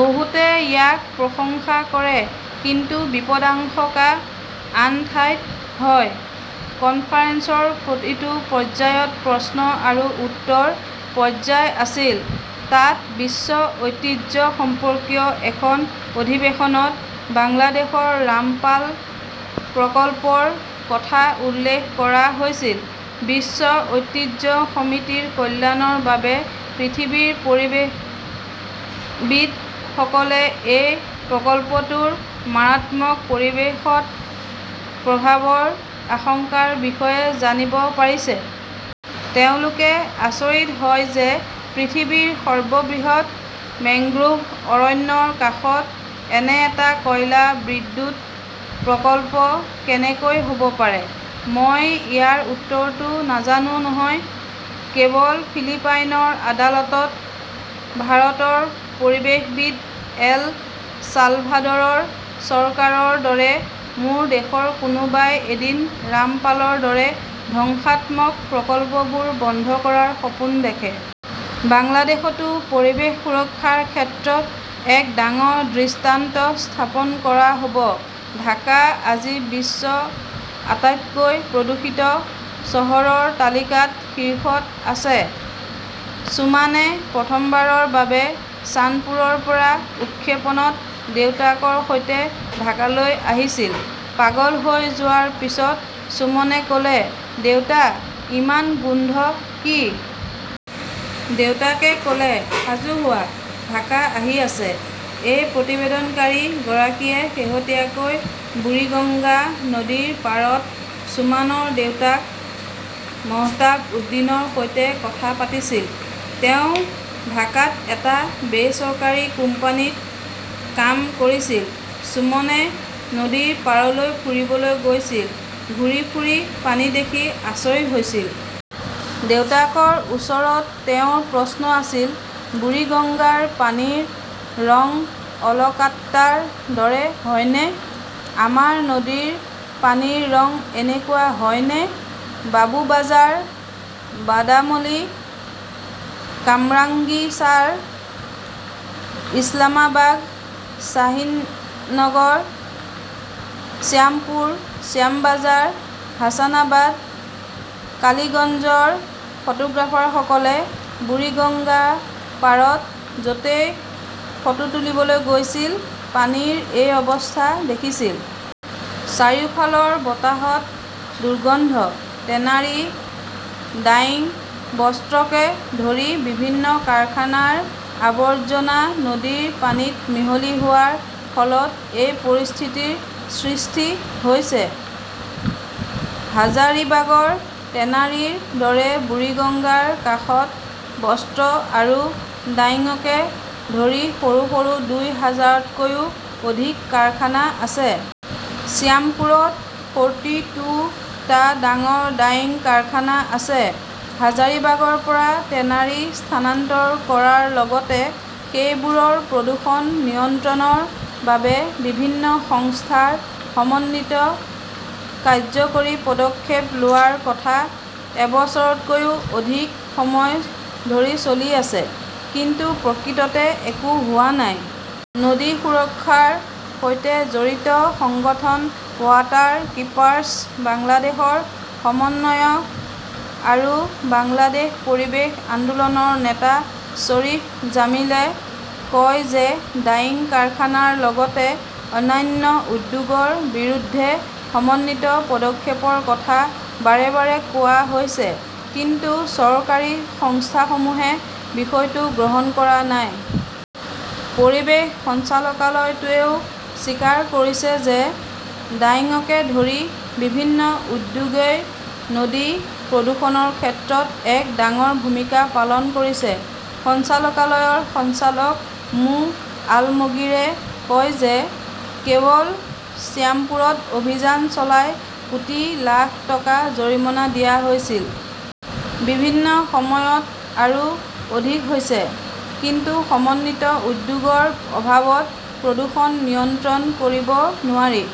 বহুতে ইয়াক প্ৰশংসা কৰে। কিন্তু বিপদাশংকা আন ঠাইত হয়। কনফাৰেন্সৰ প্ৰতিটো পৰ্যায়ত প্ৰশ্ন আৰু উত্তৰ পৰ্যায় আছিল। তাত বিশ্ব ঐতিহ্য সম্পৰ্কীয় এখন অধিৱেশনত বাংলাদেশৰ ৰামপাল প্ৰকল্পৰ কথা উল্লেখ কৰা হৈছিল। বিশ্ব ঐতিহ্য সমিতিৰ কল্যাণৰ বাবে পৃথিৱীৰ পৰিৱেশবিদসকলে এই প্ৰকল্পটোৰ মাৰাত্মক পৰিৱেশৰ প্ৰভাৱৰ আশংকাৰ বিষয়ে জানিব পাৰিছে। তেওঁলোকে আচৰিত হয় যে, পৃথিৱীৰ সৰ্ববৃহৎ মেংগ্ৰোভ অৰণ্যৰ কাষত এনে এটা কয়লা বিদ্যুৎ প্ৰকল্প কেনেকৈ হ'ব পাৰে! মই ইয়াৰ উত্তৰটো নাজানো, নহয়। কেৱল ফিলিপাইনৰ আদালত, ভাৰতৰ পৰিৱেশবিদ, এল চালভাদৰৰ চৰকাৰৰ দৰে মোৰ দেশৰ কোনোবাই এদিন ৰামপালৰ দৰে ধ্বংসাত্মক প্ৰকল্পবোৰ বন্ধ কৰাৰ সপোন দেখে। বাংলাদেশতো পৰিৱেশ সুৰক্ষাৰ ক্ষেত্ৰত এক ডাঙৰ দৃষ্টান্ত স্থাপন কৰা হ'ব। ঢাকা আজি বিশ্ব আটাইতকৈ প্ৰদূষিত চহৰৰ তালিকাত শীৰ্ষত আছে। চুমানে প্ৰথমবাৰৰ বাবে চান্দপুৰৰ পৰা উৎক্ষেপণত দেউতাকৰ সৈতে ঢাকালৈ আহিছিল। পাগল হৈ যোৱাৰ পিছত সুমনে ক'লে, দেউতা, ইমান গোন্ধ কি? দেউতাকে ক'লে, সাজু হোৱা, ঢাকা আহি আছে। এই প্ৰতিবেদনকাৰী গৰাকীয়ে শেহতীয়াকৈ বুৰিগঙ্গা নদীৰ পাৰত ছুমানৰ দেউতাক মহতাব উদ্দীনৰ সৈতে কথা পাতিছিল। তেওঁ ঢাকাত এটা বেচৰকাৰী কোম্পানীত কাম কৰিছিল। সুমনে নদীৰ পাৰলৈ ফুৰিবলৈ গৈছিল, ঘূৰি ফুৰি পানী দেখি আচৰিত হৈছিল। দেউতাকৰ ওচৰত তেওঁৰ প্ৰশ্ন আছিল, বুৰিগঙ্গাৰ পানীৰ ৰং অলকাট্ৰাৰ দৰে হয়নে? আমাৰ নদীৰ পানীৰ ৰং এনেকুৱা হয়নে? বাবুবাজাৰ, বাদামলী, কামৰাংগীৰচাৰ, ইছলামাবাগ, শ্বাহিননগৰ, শ্যামপুৰ, শ্যামবাজাৰ, হাছানাবাদ, কালিগঞ্জৰ ফটোগ্ৰাফাৰসকলে বুৰিগাংগাপাৰত য'তেই ফটো তুলিবলৈ গৈছিল, পানীৰ এই অৱস্থা দেখিছিল। চাৰিওফালৰ বতাহত দুৰ্গন্ধ। টেনাৰী, ডাইং, বস্ত্ৰকে ধৰি বিভিন্ন কাৰখানাৰ আৱৰ্জনা নদীৰ পানীত মিহলি হোৱাৰ ফলত এই পৰিস্থিতিৰ সৃষ্টি হৈছে। হাঝাৰিবাগৰ টেনাৰীৰ দৰে বুৰিগঙ্গাৰ কাষত বস্ত্ৰ আৰু ডাইঙকে ধৰি সৰু সৰু দুই হাজাৰতকৈও অধিক কাৰখানা আছে। শ্যামপুৰত ফৰ্তি টু টা ডাঙৰ ডাইং কাৰখানা আছে। হাজাৰিবাগৰ পৰা টেনাৰী স্থানান্তৰ কৰাৰ লগতে সেইবোৰৰ প্ৰদূষণ নিয়ন্ত্ৰণৰ বাবে বিভিন্ন সংস্থাৰ সমন্বিত কাৰ্যকৰী পদক্ষেপ লোৱাৰ কথা এবছৰতকৈও অধিক সময় ধৰি চলি আছে। কিন্তু প্ৰকৃততে একো হোৱা নাই। নদী সুৰক্ষাৰ সৈতে জড়িত সংগঠন ৱাটাৰ কিপাৰ্ছ বাংলাদেশৰ সমন্বয়ক আৰু বাংলাদেশ পৰিৱেশ আন্দোলনৰ নেতা শ্বৰীফ জামিলে কয় যে, ডাইং কাৰখানাৰ লগতে অন্যান্য উদ্যোগৰ বিৰুদ্ধে সমন্বিত পদক্ষেপৰ কথা বাৰে বাৰে কোৱা হৈছে। কিন্তু চৰকাৰী সংস্থাসমূহে বিষয়টো গ্ৰহণ কৰা নাই। পৰিৱেশ সঞ্চালকালয়টোৱেও স্বীকাৰ কৰিছে যে ডাইঙকে ধৰি বিভিন্ন উদ্যোগই নদী প্ৰদূষণৰ ক্ষেত্ৰত এক ডাঙৰ ভূমিকা পালন কৰিছে। সঞ্চালকালয়ৰ সঞ্চালক মো. আলমগিৰে কয় যে, কেৱল শ্যামপুৰত অভিযান চলাই কোটি লাখ টকা জৰিমনা দিয়া হৈছিল। বিভিন্ন সময়ত আৰু অধিক হৈছে। কিন্তু সমন্বিত উদ্যোগৰ অভাৱত প্ৰদূষণ নিয়ন্ত্ৰণ কৰিব নোৱাৰি।